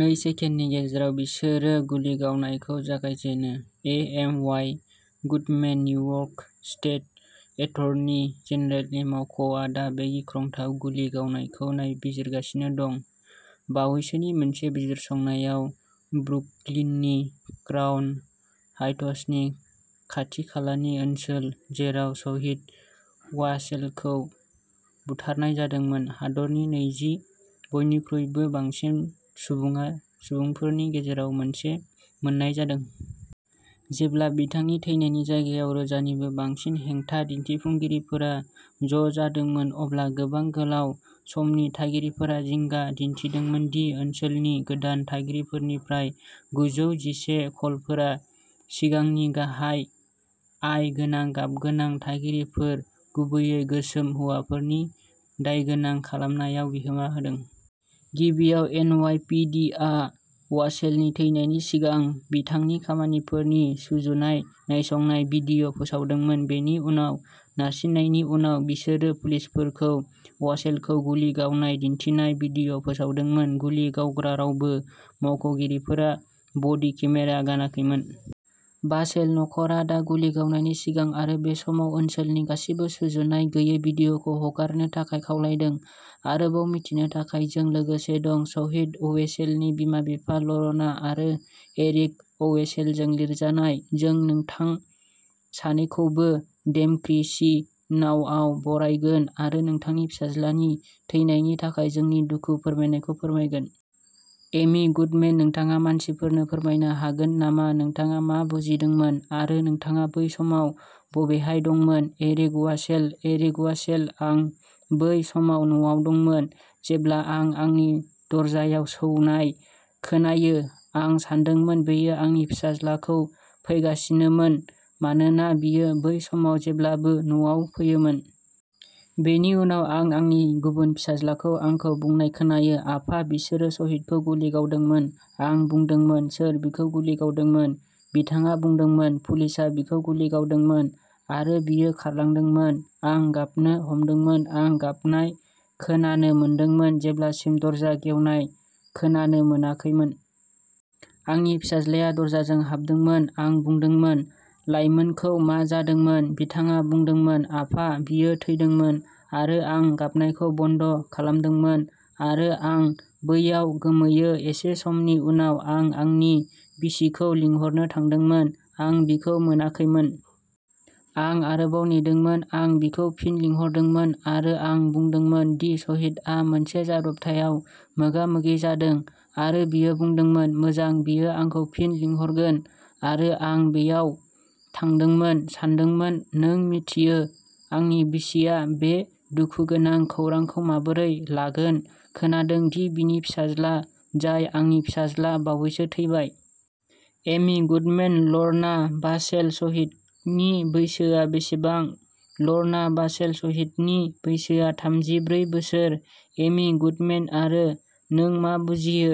नै सेकेन्डनि गेजेराव, बिसोरो गुलि गावनायखौ जागायजेनो। A. M. Y. Goodman New York state attorney जेनेरेलनि मावख'आ दा बे गिख्रंथाव गुलि गावनायखौ नायबिजिरगासिनो दं। बावैसोनि मोनसे बिजिरसंनायाव ब्रुकलिननि क्राउन हाइट्सनि खाथिखालानि ओनसोल, जेराव शहीद अवासेलखौ बुथारनाय जादोंमोन, हादरनि नैजि बयनिख्रुइबो बांसिन सुबुङा सुबुंफोरनि गेजेराव मोनसे मोननाय जादों। जेब्ला बिथांनि थैनायनि जायगायाव रोजानिबो बांसिन हेंथा दिन्थिफुंगिरिफोरा ज' जादोंमोन, अब्ला गोबां गोलाव समनि थागिरिफोरा जिंगा दिन्थिदोंमोन दि ओनसोलनि गोदान थागिरिफोरनिफ्राय गुजौ जिसे कलफोरा सिगांनि, गाहाय आय गोनां गाबगोनां थागिरिफोर, गुबैयै गोसोम हौवाफोरनि दायगोनां खालामनायाव बिहोमा होदों। गिबियाव, एन. अवाइ. पि. दि. आ अवासेलनि थैनायनि सिगां बिथांनि खामानिफोरनि सुजुनाय नायसंनाय भिडिअ फोसावदोंमोन। बेनि उनाव, नारसिननायनि उनाव, बिसोरो पुलिसफोरखौ अवासेलखौ गुलि गावनाय दिन्थिनाय भिडिअ फोसावदोंमोन। गुलि गावग्रा रावबो मावख'गिरिफोरा बडि केमेरा गानाखैमोन। भासेल नखरा दा गुलि गावनायनि सिगां आरो बे समाव ओनसोलनि गासिबो सुजुनाय गैयै भिडिअखौ हगारनो थाखाय खावलायदों। आरोबाव मिथिनो थाखाय, जों लोगोसे दं। शहीद अवेसेलनि बिमा-बिफा ल'रना आरो एरिक अवेसेलजों लिरजानाय। जों नोंथां सानैखौबो डेमक्रेसि नाउआव बरायगोन आरो नोंथांनि फिसाज्लानि थैनायनि थाखाय जोंनि दुखु फोरमायनायखौ फोरमायगोन। एमी गुडमेन नोंथाङा मानसिफोरनो फोरमायनो हागोन नामा नोंथाङा मा बुजिदोंमोन? आरो नोंथाङा बै समाव बबेहाय दंमोन, एरिक अवेसेल? एरिक अवेसेल- आं बै समाव न'आव दंमोन, जेब्ला आं आंनि दरजायाव सौनाय खोनायो। आं सानदोंमोन बेयो आंनि फिसाज्लाखौ फैगासिनोमोन, मानोना बियो बै समाव जेब्लाबो न'आव फैयोमोन। बेनि उनाव आं आंनि गुबुन फिसाज्लाखौ आंखौ बुंनाय खोनायो, "आफा, बिसोरो शहीदखौ गुलि गावदोंमोन।" आं बुंदोंमोन, "सोर बिखौ गुलि गावदोंमोन?" बिथाङा बुंदोंमोन, "पुलिसआ बिखौ गुलि गावदोंमोन।" आरो बियो खारलांदोंमोन। आं गाबनो हमदोंमोन। आं गाबनाय खोनानो मोनदोंमोन जेब्लासिम दरजा खेवनाय खोनानो मोनाखैमोन। आंनि फिसाज्लाया दरजाजों हाबदोंमोन। आं बुंदोंमोन, "लाइमोनखौ मा जादोंमोन?" बिथाङा बुंदोंमोन, "आफा, बियो थैदोंमोन।" आरो आं गाबनायखौ बन्द खालामदोंमोन। आरो आं बैयाव गोमोयो। एसे समनि उनाव, आं आंनि बिसिखौ लिंहरनो थांदोंमोन। आं बिखौ मोनाखैमोन। आं आरोबाव नेदोंमोन। आं बिखौ फिन लिंहरदोंमोन, आरो आं बुंदोंमोन दि साहिदआ मोनसे जाब्रबथायाव मोगा-मोगि जादों। आरो बियो बुंदोंमोन, "मोजां", बियो आंखौ फिन लिंहरगोन। आरो आं बैयाव थादोंमोन, सानदोंमोन, नों मिथियो, आंनि बिसिया बे दुखुगोनां खौरांखौ माबोरै लागोन, खोनादों दि बिनि फिसाज्ला, जाय आंनि फिसाज्ला बावैसो थैबाय। एमि गुडमेन लर्ना भासेल, शहीदनि बैसोआ बेसेबां? लर्ना भासेल शहीदनि बैसोआ थामजि ब्रै बोसोर। एमि गुडमेन आरो नों मा बुजियो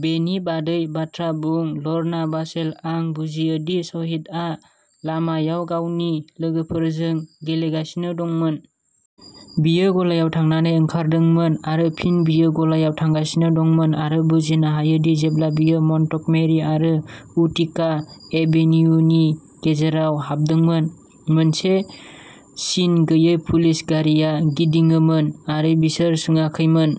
बेनि बादै बाथ्रा बुं। लर्ना भासेल आं बुजियो दि साहिदआ लामायाव गावनि लोगोफोरजों गेलेगासिनो दंमोन। बियो गलाआव थांनानै ओंखारदोंमोन। आरो फिन बियो गलायाव थांगासिनो दंमोन। आं बुजिनो हायोदि जेब्ला बियो मन्टगमेरि आरो उटिका एभेनियुनि गेजेराव हाबदोंमोन, मोनसे सिन गैयै पुलिस गारिआ गिदिङोमोन, आरो बिसोर सोङाखैमोन।